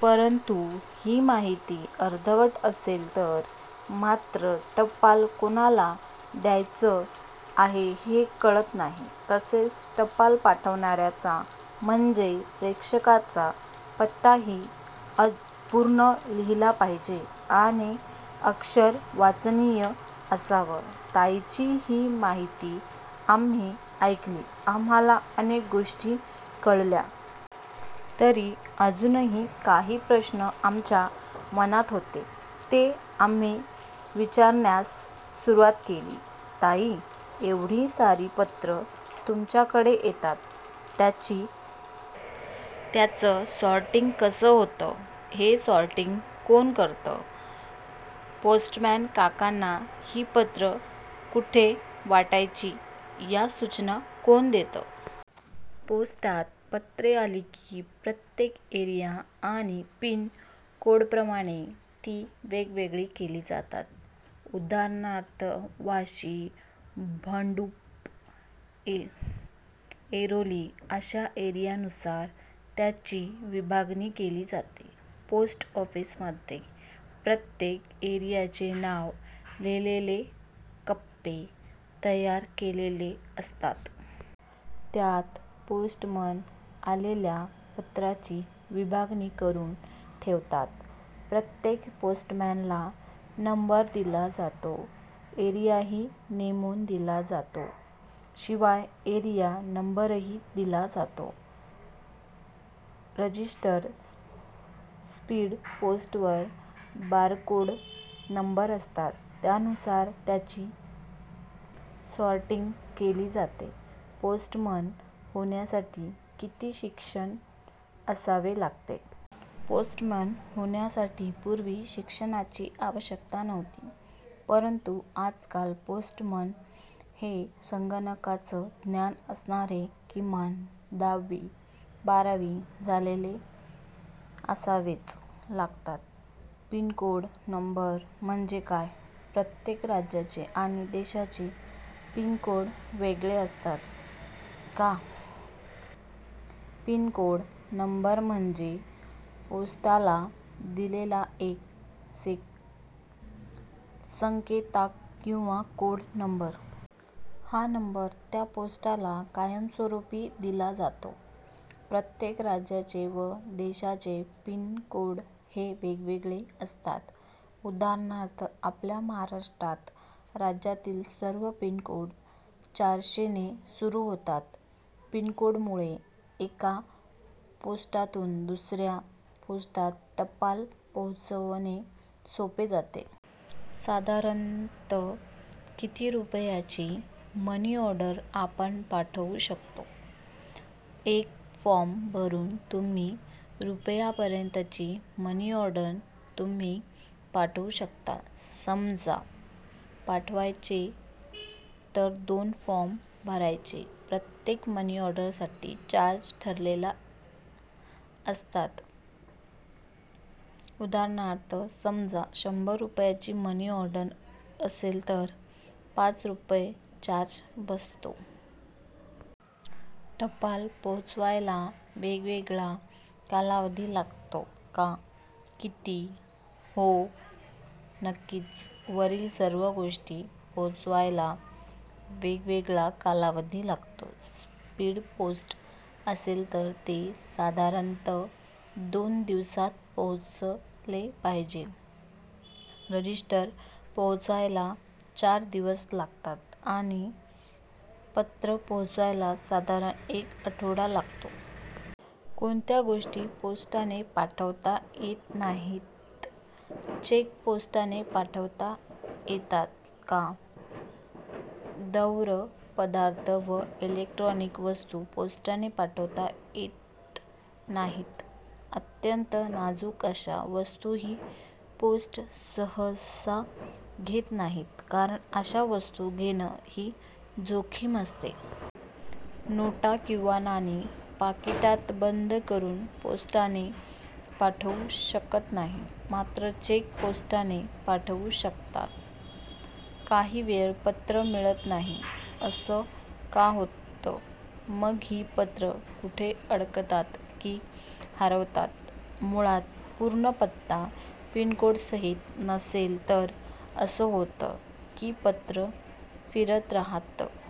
परंतु ही माहिती अर्धवट असेल तर मात्र टपाल कोणाला द्यायचं आहे, हे कळत नाही. तसेच टपाल पाठवणाऱ्याचा म्हणजे प्रेषकाचा पत्ताही अन् पूर्ण लिहिला पाहिजे. आणि अक्षर वाचनीय असावं. ताईंची ही माहिती आम्ही ऐकली. आम्हांला अनेक गोष्टी कळल्या. तरी अजूनही काही प्रश्न आमच्या मनात होते ते आम्ही विचारण्यास सुरुवात केली- ताई, एवढी सारी पत्रं तुमच्याकडे येतात, त्यांची त्यांचं सॉर्टिंग कसं होतं? हे सॉर्टिंग कोण करतं? पोस्टमन काकांना ही पत्रं कुठे वाटायची, ह्या सूचना कोण देतं? पोस्टात पत्रे आली की प्रत्येक एरिया आणि पिन कोडप्रमाणे ती वेगवेगळी केली जातात. उदा. वाशी, भांडुप, ऐ ऐरोली अशा एरियानुसार त्याची विभागणी केली जाते. पोस्ट ऑफिसमध्ये प्रत्येक एरियाचे नाव लिहिलेले कप्पे तयार केलेले असतात. त्यात पोस्टमन आलेल्या पत्रांची विभागणी करून ठेवतात. प्रत्येक पोस्टमनला नंबर दिला जातो. एरियाही नेमून दिला जातो. शिवाय एरिया नंबरही दिला जातो. रजिस्टर-स्पीड पोस्टवर बारकोड नंबर असतात, त्यानुसार यांचे सॉर्टिंग केले जाते. पोस्टमन होण्यासाठी किती शिक्षण असावे लागते? पोस्टमन होण्यासाठी पूर्वी शिक्षणाची आवश्यकता नव्हती. परंतु आजकाल पोस्टमन हे संगणकाचं ज्ञान असणारे, किमान दहावी-बारावी झालेले असावेच लागतात. पिन कोड नंबर म्हणजे काय? प्रत्येक राज्याचे आणि देशाचे पिन कोड वेगळे असतात का? पिनकोड नंबर म्हणजे पोस्टाला दिलेला एक से संकेतांक किंवा कोड नंबर. हा नंबर त्या पोस्टला कायमस्वरूपी दिला जातो. प्रत्येक राज्याचे व देशाचे पिन कोड हे वेगवेगळे असतात. उदा. आपल्या महाराष्ट्र राज्यातील सर्व पिन कोड चारशेने सुरू होतात. पिनकोडमुळे एका पोस्टातून दुसऱ्या पोस्टात टपाल पोहोचवणे सोपे जाते. साधारणतः किती रुपयांपर्यंतची मनीऑर्डर आपण पाठवू शकतो? एक फॉर्म भरून तुम्ही रुपयांपर्यंतची मनीऑर्डर तुम्ही पाठवू शकता. समजा पाठवायचे तर दोन फॉर्म भरायचे. प्रत्येक मनीऑर्डरसाठी चार्ज ठरलेले असतात. उदा. समजा शंभर रुपयांची मनीऑर्डर असेल तर पाच रुपये चार्ज बसतो. टपाल पोहोचायला वेगवेगळा कालावधी लागतो का? किती? हो. नक्कीच. वरील सर्व गोष्टी पोहोचायला वेगवेगळा कालावधी लागतो. स्पीड पोस्ट असेल तर ते साधारणतः दोन दिवसांत पोहोचले पाहिजे. रजिस्टर पोहोचायला चार दिवस लागतात आणि पत्र पोहोचायला साधारणतः एक आठवडा लागतो. कोणत्या गोष्टी पोस्टाने पाठवता येत नाहीत? चेक पोस्टाने पाठवता येतात का? द्रव पदार्थ व इलेक्ट्रॉनिक वस्तू पोस्टाने पाठवता येत नाहीत. अत्यंत नाजूक अशा वस्तूही पोस्ट सहसा घेत नाहीत, कारण अशा वस्तू घेणं ही जोखीम असते. नोटा किंवा नाणी पाकिटात बंद करून पोस्टाने पाठवू शकत नाही. मात्र चेक पोस्टाने पाठवू शकता. काही वेळा पत्र मिळत नाही. असं का होतं? मग ही पत्रं कुठे अडकतात की हरवतात? मुळात पूर्ण पत्ता पिनकोडसहित नसेल तर असं होतं की पत्र फिरत राहतं